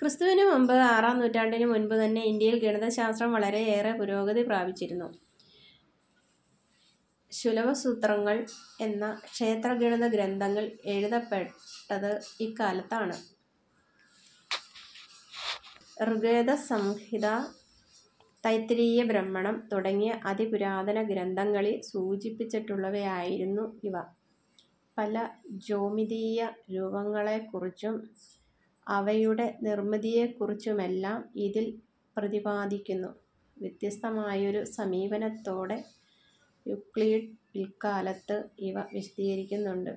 ക്രിസ്തുവിനു മുമ്പ് ആറാം നൂറ്റാണ്ടിനു മുൻപുതന്നെ ഇന്ത്യയിൽ ഗണിതശാസ്ത്രം വളരെയേറെ പുരോഗതി പ്രാപിച്ചിരുന്നു. ശുല്ബസൂത്രങ്ങൾ എന്ന ക്ഷേത്രഗണിത ഗ്രന്ഥങ്ങൾ എഴുതപ്പെട്ടത് ഇക്കാലത്താണ്. ഋഗ്വേദസംഹിത, തൈത്തിരീയ ബ്രാഹ്മണം തുടങ്ങിയ അതിപുരാതന ഗ്രന്ഥങ്ങളിൽ സൂചിപ്പിച്ചിട്ടുള്ളവയായിരുന്നു ഇവ. പല ജ്യാമിതീയ രൂപങ്ങളെക്കുറിച്ചും അവയുടെ നിർമ്മിതിയെക്കുറിച്ചുമെല്ലാം ഇതിൽ പ്രതിപാദിക്കുന്നു. വ്യത്യസ്തമായൊരു സമീപനത്തോടെ യൂക്ലിഡ് പിൽക്കാലത്ത് ഇവ വിശദീകരിക്കുന്നുണ്ട്.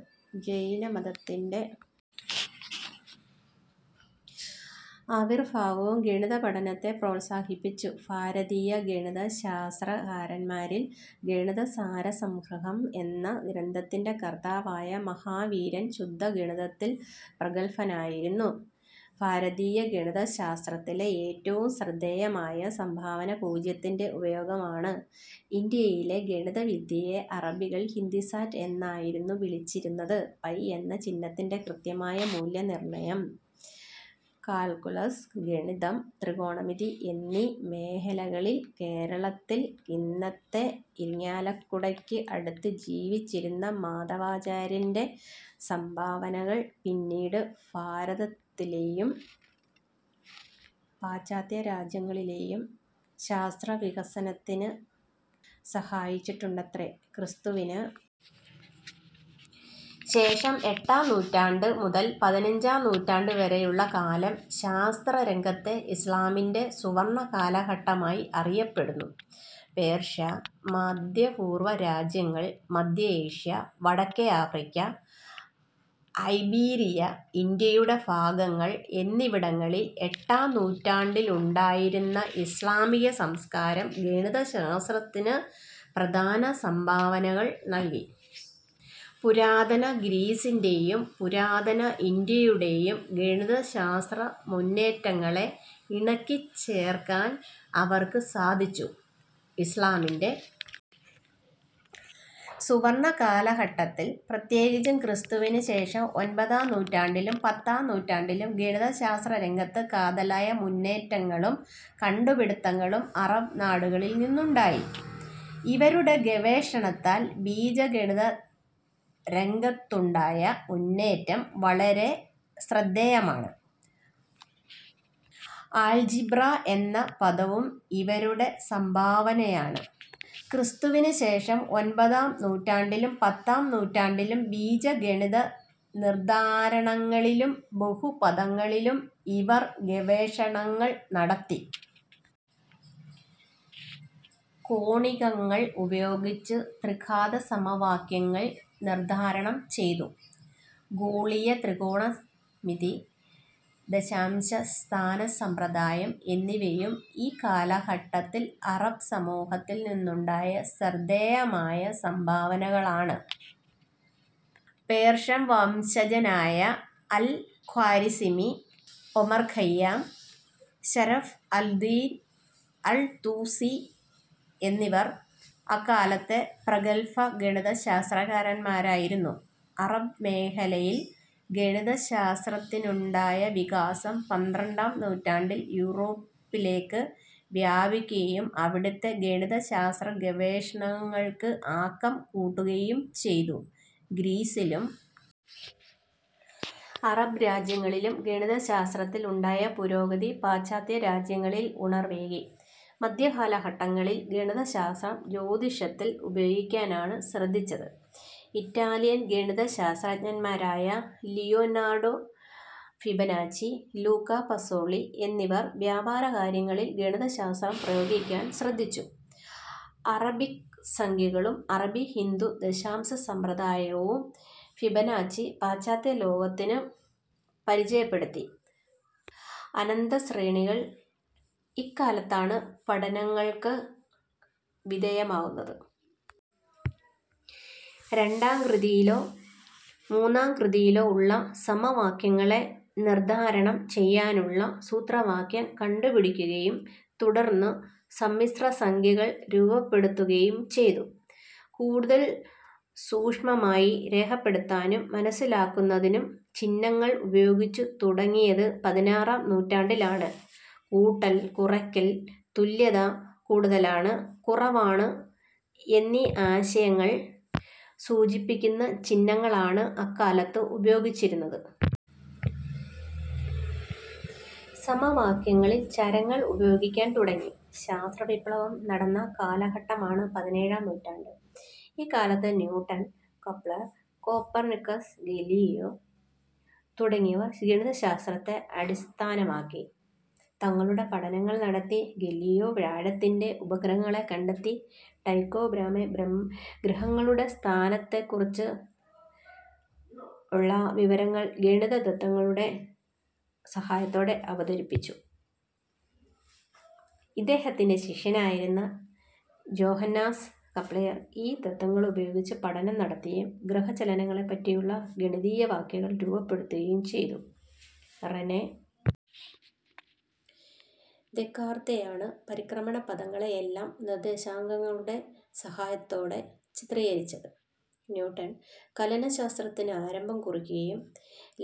ജൈനമതത്തിൻ്റെ ആവിർഭാവവും ഗണിതപഠനത്തെ പ്രോത്സാഹിപ്പിച്ചു. ഭാരതീയ ഗണിതശാസ്ത്രകാരന്മാരിൽ ഗണിതസാരസംഗ്രഹം എന്ന ഗ്രന്ഥത്തിൻ്റെ കർത്താവായ മഹാവീരൻ ശുദ്ധഗണിതത്തിൽ പ്രഗൽഭനായിരുന്നു. ഭാരതീയ ഗണിതശാസ്ത്രത്തിലെ ഏറ്റവും ശ്രദ്ധേയമായ സംഭാവന പൂജ്യത്തിൻ്റെ ഉപയോഗമാണ്. ഇന്ത്യയിലെ ഗണിതവിദ്യയെ അറബികൾ ഹിന്ദിസാറ്റ് എന്നായിരുന്നു വിളിച്ചിരുന്നത്.പൈ എന്ന ചിഹ്നത്തിൻ്റെ കൃത്യമായ മൂല്യനിർണയം, കാൽക്കുലസ്, ഗണിതം, ത്രികോണമിതി എന്നീ മേഖലകളിൽ കേരളത്തിൽ ഇന്നത്തെ ഇരിഞ്ഞാലക്കുടയ്ക്ക് അടുത്ത് ജീവിച്ചിരുന്ന മാധവാചാര്യൻ്റെ സംഭാവനകൾ പിന്നീട് ഭാരതത്തിലെയും പാശ്ചാത്യരാജ്യങ്ങളിലെയും ശാസ്ത്രവികസനത്തിന് സഹായിച്ചിട്ടുണ്ടത്രേ. ക്രിസ്തുവിന് ശേഷം എട്ടാം നൂറ്റാണ്ട് മുതൽ പതിനഞ്ചാം നൂറ്റാണ്ട് വരെയുള്ള കാലം ശാസ്ത്രരംഗത്തെ ഇസ്ലാമിൻ്റെ സുവർണകാലഘട്ടമായി അറിയപ്പെടുന്നു. പേർഷ്യ, മധ്യപൂർവ രാജ്യങ്ങൾ, മധ്യ ഏഷ്യ, വടക്കേ ആഫ്രിക്ക, ഐബീരിയ, ഇന്ത്യയുടെ ഭാഗങ്ങൾ എന്നിവിടങ്ങളിൽ എട്ടാം നൂറ്റാണ്ടിലുണ്ടായിരുന്ന ഇസ്ലാമിക സംസ്കാരം ഗണിതശാസ്ത്രത്തിന് പ്രധാന സംഭാവനകൾ നൽകി. പുരാതന ഗ്രീസിൻ്റെ യും പുരാതന ഇന്ത്യയുടെയും ഗണിതശാസ്ത്ര മുന്നേറ്റങ്ങളെ ഇണക്കിച്ചേർക്കാൻ അവർക്ക് സാധിച്ചു. ഇസ്ലാമിൻ്റെ സുവർണകാലഘട്ടത്തിൽ, പ്രത്യേകിച്ചും ക്രിസ്തുവിന് ശേഷം ഒമ്പതാം നൂറ്റാണ്ടിലും പത്താം നൂറ്റാണ്ടിലും, ഗണിതശാസ്ത്രരംഗത്ത് കാതലായ മുന്നേറ്റങ്ങളും കണ്ടുപിടിത്തങ്ങളും അറബ് നാടുകളിൽ നിന്നുണ്ടായി. ഇവരുടെ ഗവേഷണത്താൽ ബീജഗണിതരംഗത്തുണ്ടായ മുന്നേറ്റം വളരെ ശ്രദ്ധേയമാണ്. ആൾജിബ്ര എന്ന പദവും ഇവരുടെ സംഭാവനയാണ്. ക്രിസ്തുവിന് ശേഷം ഒമ്പതാം നൂറ്റാണ്ടിലും പത്താം നൂറ്റാണ്ടിലും ബീജഗണിത നിർധാരണങ്ങളിലും ബഹുപദങ്ങളിലും ഇവർ ഗവേഷണങ്ങൾ നടത്തി. കോണികങ്ങൾ ഉപയോഗിച്ച് ത്രിഘാതസമവാക്യങ്ങൾ നിർധാരണം ചെയ്തു. ഗോളീയ ത്രികോണമിതി, ദശാംശ സ്ഥാനസമ്പ്രദായം എന്നിവയും ഈ കാലഘട്ടത്തിൽ അറബ് സമൂഹത്തിൽ നിന്നുണ്ടായ ശ്രദ്ധേയമായ സംഭാവനകളാണ്. പേർഷ്യൻ വംശജനായ Al Khwarizmi, Omar Khayyam, Sharaf al Din al Tusi എന്നിവർ അക്കാലത്തെ പ്രഗൽഭ ഗണിതശാസ്ത്രകാരന്മാരായിരുന്നു. അറബ് മേഖലയിൽ ഗണിതശാസ്ത്രത്തിനുണ്ടായ വികാസം പന്ത്രണ്ടാം നൂറ്റാണ്ടിൽ യൂറോപ്പിലേക്ക് വ്യാപിക്കുകയും അവിടത്തെ ഗണിതശാസ്ത്ര ഗവേഷണങ്ങൾക്ക് ആക്കം കൂട്ടുകയും ചെയ്തു. ഗ്രീസിലും അറബ് രാജ്യങ്ങളിലും ഗണിതശാസ്ത്രത്തിൽ ഉണ്ടായ പുരോഗതി പാശ്ചാത്യരാജ്യങ്ങളിൽ ഉണർവേകി. മധ്യകാലഘട്ടങ്ങളിൽ ഗണിതശാസ്ത്രം ജ്യോതിഷത്തിൽ പ്രയോഗിക്കാനാണ് ശ്രദ്ധിച്ചത്. ഇറ്റാലിയൻ ഗണിതശാസ്ത്രജ്ഞന്മാരായ ലിയോനാർഡോ ഫിബനാച്ചി, ലൂക്ക പസോളി എന്നിവർ വ്യാപാരകാര്യങ്ങളിൽ ഗണിതശാസ്ത്രം പ്രയോഗിക്കാൻ ശ്രദ്ധിച്ചു. അറബിക് സംഖ്യകളും അറബി ഹിന്ദു ദശാംശസമ്പ്രദായവും ഫിബനാച്ചി പാശ്ചാത്യലോകത്തിന് പരിചയപ്പെടുത്തി. അനന്തശ്രേണികൾ ഇക്കാലത്താണ് പഠനങ്ങൾക്ക് വിധേയമാകുന്നത്. രണ്ടാം കൃതിയിലോ മൂന്നാം കൃതിയിലോ ഉള്ള സമവാക്യങ്ങളെ നിർധാരണം ചെയ്യാനുള്ള സൂത്രവാക്യം കണ്ടുപിടിക്കുകയും തുടർന്ന് സമ്മിശ്രസംഖ്യകൾ രൂപപ്പെടുത്തുകയും ചെയ്തു. കൂടുതൽ സൂക്ഷ്മമായി രേഖപ്പെടുത്താനും മനസ്സിലാക്കുന്നതിനും ചിഹ്നങ്ങൾ ഉപയോഗിച്ചുതുടങ്ങിയത് പതിനാറാം നൂറ്റാണ്ടിലാണ്. കൂട്ടൽ, കുറയ്ക്കൽ, തുല്യത, കൂടുതലാണ്, കുറവാണ് എന്നീ ആശയങ്ങൾ സൂചിപ്പിക്കുന്ന ചിഹ്നങ്ങളാണ് അക്കാലത്ത് ഉപയോഗിച്ചിരുന്നത്. സമവാക്യങ്ങളിൽ ചരങ്ങൾ ഉപയോഗിക്കാൻ തുടങ്ങി. ശാസ്ത്രവിപ്ലവം നടന്ന കാലഘട്ടമാണ് പതിനേഴാം നൂറ്റാണ്ട്. ഇക്കാലത്ത് ന്യൂട്ടൺ, കെപ്ലർ, കോപ്പർനിക്കസ്, ഗലീലിയോ തുടങ്ങിയവർ ഗണിതശാസ്ത്രത്തെ അടിസ്ഥാനമാക്കി തങ്ങളുടെ പഠനങ്ങൾ നടത്തി. ഗലീലിയോ വ്യാഴത്തിൻ്റെ ഉപഗ്രഹങ്ങളെ കണ്ടെത്തി. ടൈക്കോ ബ്രാഹെ ഗ്രഹങ്ങളുടെ സ്ഥാനത്തെക്കുറിച്ചുള്ള വിവരങ്ങൾ ഗണിതദത്തങ്ങളുടെ സഹായത്തോടെ അവതരിപ്പിച്ചു. ഇദ്ദേഹത്തിൻ്റെ ശിഷ്യനായിരുന്ന ജോഹന്നാസ് കെപ്ലർ ഈ ദത്തങ്ങളുപയോഗിച്ച് പഠനം നടത്തുകയും ഗ്രഹചലനങ്ങളെപ്പറ്റിയുള്ള ഗണിതീയവാക്യങ്ങൾ രൂപപ്പെടുത്തുകയും ചെയ്തു.റെനെ ദെക്കാർത്തേയാണ് പരിക്രമണപഥങ്ങളെയെല്ലാം നിർദ്ദേശാങ്കങ്ങളുടെ സഹായത്തോടെ ചിത്രീകരിച്ചത്. ന്യൂട്ടൺ കലനശാസ്ത്രത്തിന് ആരംഭം കുറിക്കുകയും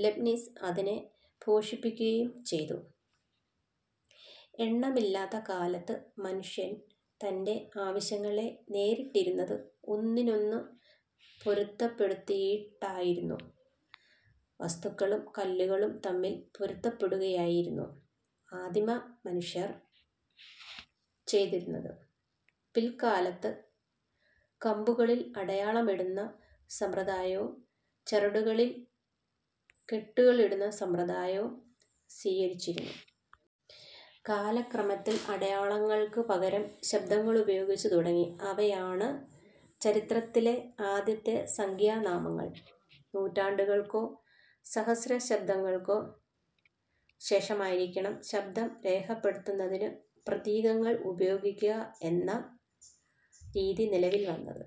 ലെബ്നിസ് അതിനെ പോഷിപ്പിക്കുകയും ചെയ്തു. എണ്ണമില്ലാത്ത കാലത്ത് മനുഷ്യൻ തൻ്റെ ആവശ്യങ്ങളെ നേരിട്ടിരുന്നത് ഒന്നിനൊന്ന് പൊരുത്തപ്പെടുത്തിയിട്ടായിരുന്നു. വസ്തുക്കളും കല്ലുകളും തമ്മിൽ പൊരുത്തപ്പെടുത്തുകയായിരുന്നു ആദിമ മനുഷ്യർ ചെയ്തിരുന്നത്. പിൽക്കാലത്ത് കമ്പുകളിൽ അടയാളമിടുന്ന സമ്പ്രദായവും ചരടുകളിൽ കെട്ടുകളിടുന്ന സമ്പ്രദായവും സ്വീകരിച്ചിരുന്നു. കാലക്രമത്തിൽ അടയാളങ്ങൾക്കു പകരം ശബ്ദങ്ങളുപയോഗിച്ചു തുടങ്ങി. അവയാണ് ചരിത്രത്തിലെ ആദ്യത്തെ സംഖ്യാനാമങ്ങൾ. നൂറ്റാണ്ടുകൾക്കോ സഹസ്രാബ്ദങ്ങൾക്കോ ശേഷമായിരിക്കണം ശബ്ദം രേഖപ്പെടുത്തുന്നതിന് പ്രതീകങ്ങൾ ഉപയോഗിക്കുക എന്ന രീതി നിലവിൽ വന്നത്.